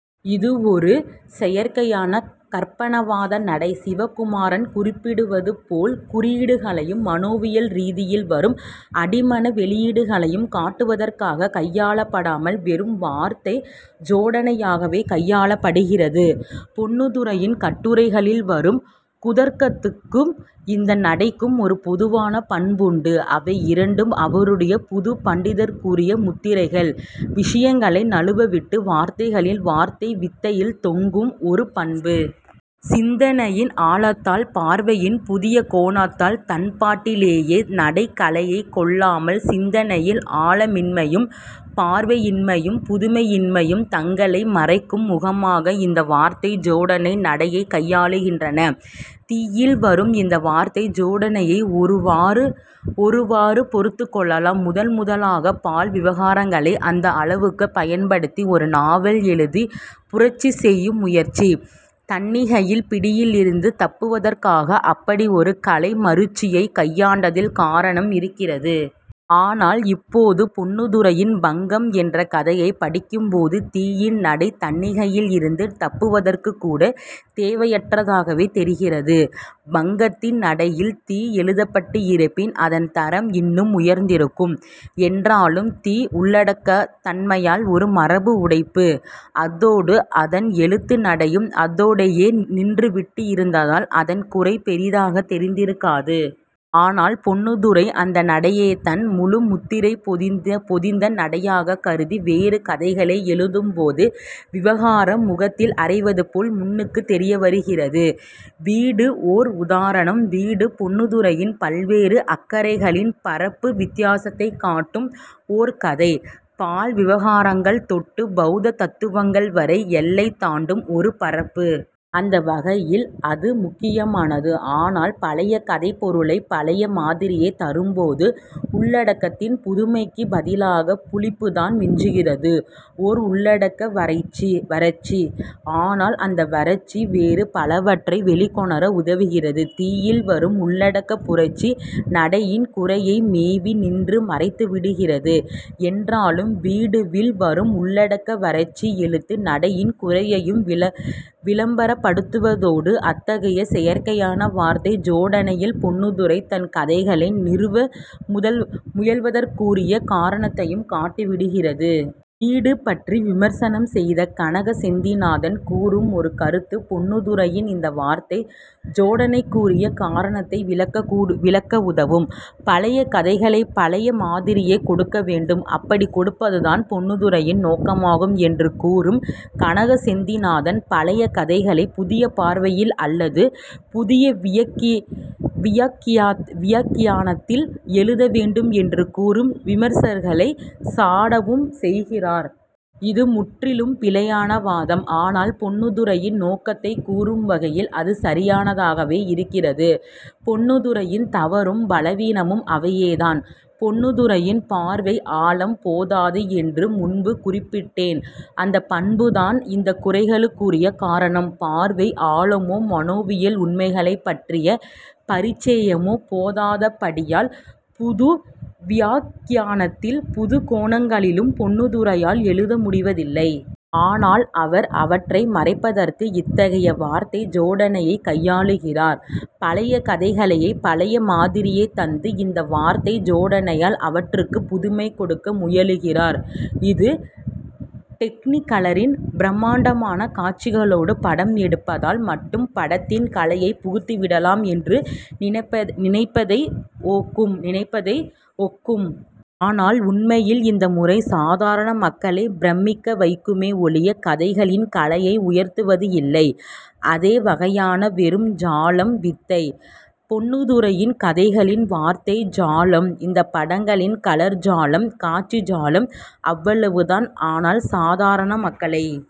இது ஒரு செயற்கையான கற்பனாவாத நடை. சிவகுமாரன் குறிப்பிட்டது போல், குறியீடுகளையும் மனோவியல் ரீதியில் வரும் அடிமன வெளியீடுகளையும் காட்டுவதற்காகக் கையாளப்படாமல், வெறும் வார்த்தை ஜோடனையாகவே கையாளப்படுகிறது. பொன்னுத்துரையின் கட்டுரைகளில் வரும் குதர்க்கத்துக்கும் இந்த நடைக்கும் ஒரு பொதுவான பண்புண்டு. அவை இரண்டும் அவருடைய புதுப் பண்டிதத்திற்குரிய முத்திரைகள்; விஷயங்களை நழுவவிட்டு வார்த்தைகளில், வார்த்தை வித்தையில் தொங்கும் ஒரு பண்பு. சிந்தனையின் ஆழத்தால், பார்வையின் புதிய கோணத்தால், தன்பாட்டிலேயே நடை கலையைக் கொள்ளாமல்... சிந்தனையின் ஆழமின்மையும், பார்வையின்மையும், புதுமையின்மையும் தங்களை மறைக்கும் முகமாக இந்த வார்த்தை ஜோடனை நடையைக் கையாள்கின்றன. 'தீ'யில் வரும் இந்த வார்த்தை ஜோடனையை ஒருவாறு பொறுத்துக் கொள்ளலாம். முதன்முதலாகப் பால் விவகாரங்களை அந்த அளவுக்குப் பயன்படுத்தி ஒரு நாவல் எழுதிப் புரட்சி செய்யும் முயற்சி; தணிக்கையின் பிடியிலிருந்து தப்புவதற்காக அப்படி ஒரு கலை மருட்சியைக் கையாண்டதில் காரணம் இருக்கிறது. ஆனால், இப்போது பொன்னுத்துரையின் 'பங்கம்' என்ற கதையைப் படிக்கும்போது, 'தீ'யின் நடை தணிக்கையிலிருந்து தப்புவதற்குக் கூடத் தேவையற்றதாகவே தெரிகிறது. 'பங்கத்'தின் நடையில் 'தீ' எழுதப்பட்டிருப்பின், அதன் தரம் இன்னும் உயர்ந்திருக்கும். என்றாலும், 'தீ' உள்ளடக்கத் தன்மையால் ஒரு மரபு உடைப்பு. அதோடு அதன் எழுத்து நடையும் அதோடேயே நின்றுவிட்டிருந்தால், அதன் குறை பெரிதாகத் தெரிந்திருக்காது. ஆனால் பொன்னுத்துரை அந்த நடையையே தன் முழு முத்திரை பொதிந்த நடையாகக் கருதி வேறு கதைகளை எழுதும்போதுதான், விவகாரம் முகத்தில் அறைவது போல் முன்னுக்குத் தெரியவருகிறது. 'வீடு' ஓர் உதாரணம். 'வீடு' பொன்னுத்துரையின் பல்வேறு அக்கறைகளின் பரப்பு வித்தியாசத்தைக் காட்டும் ஒரு கதை. பால் விவகாரங்கள் தொட்டு பௌத்த தத்துவங்கள் வரை எல்லை தாண்டும் ஒரு பரப்பு. அந்த வகையில் அது முக்கியமானது. ஆனால் பழைய கதைப்பொருளைப் பழைய மாதிரியே தரும்போது, உள்ளடக்கத்தில் புதுமைக்குப் பதிலாகப் புளிப்புதான் மிஞ்சுகிறது; ஓர் உள்ளடக்க வறட்சி. ஆனால் அந்த வறட்சி வேறு பலவற்றை வெளிக்கொணர உதவுகிறது. 'தீ'யில் வரும் உள்ளடக்கப் புரட்சி நடையின் குறையை மேவி நின்று மறைத்துவிடுகிறது என்றால், 'வீடு'வில் வரும் உள்ளடக்க வறட்சி எழுத்து நடையின் குறையையும் விளம்பரப்படுத்துவதோடு, அத்தகைய செயற்கையான வார்த்தை ஜோடனையில் பொன்னுத்துரை தன் கதைகளை நிறுவ முயல்வதற்குரிய காரணத்தையும் காட்டிவிடுகிறது. 'வீடு' பற்றி விமர்சனம் செய்த கனக செந்திநாதன் கூறும் ஒரு கருத்து, பொன்னுத்துரையின் இந்த வார்த்தை ஜோடனைக்குரிய காரணத்தை விளக்க உதவும். "பழைய கதைகளைப் பழைய மாதிரியே கொடுக்க வேண்டும்; அப்படிக் கொடுப்பதுதான் பொன்னுத்துரையின் நோக்கமாகும்" என்று கூறும் கனக செந்திநாதன், பழைய கதைகளைப் புதிய பார்வையில் அல்லது புதிய வியாக்கியானத்தில் எழுத வேண்டும் என்று கூறும் விமர்சகர்களைச் சாடவும் செய்கிறார். இது முற்றிலும் பிழையான வாதம். ஆனால் பொன்னுத்துரையின் நோக்கத்தைக் கூறும் வகையில் அது சரியானதாகவே இருக்கிறது. பொன்னுத்துரையின் தவறும் பலவீனமும் அவையேதான். பொன்னுத்துரையின் பார்வை ஆழம் போதாது என்று முன்பு குறிப்பிட்டேன். அந்தப் பண்புதான் இந்தக் குறைகளுக்குரிய காரணம். பார்வை ஆழமோ மனோவியல் உண்மைகளைப் பற்றிய பரிச்சயமோ போதாதபடியால், புது வியாக்கியானத்தில், புதுக்கோணங்களில் பொன்னுத்துரையால் எழுத முடிவதில்லை. அதனால் அவர் அவற்றை மறைப்பதற்கு இத்தகைய வார்த்தை ஜோடனையைக் கையாள்கிறார். பழைய கதைகளைப் பழைய மாதிரியே தந்து, இந்த வார்த்தை ஜோடனையால் அவற்றுக்குப் புதுமை கொடுக்க முயல்கிறார். இது டெக்னிகலரில் பிரம்மாண்டமான காட்சிகளோடு படம் எடுப்பதால் மட்டும் படத்தில் கலையைப் புகுத்திவிடலாம் என்று நினைப்பதை ஒக்கும். ஆனால் உண்மையில் இந்த முறை சாதாரண மக்களைப் பிரமிக்க வைக்குமே ஒழிய, கதைகளின் கலையை உயர்த்துவதில்லை. அதே வகையான வெறும் ஜாலம்; வித்தை. பொன்னுத்துரையின் கதைகளில் வார்த்தை ஜாலம்; இந்தப் படங்களில் கலர் ஜாலம், காட்சி ஜாலம் — அவ்வளவுதான். ஆனால் சாதாரண மக்களை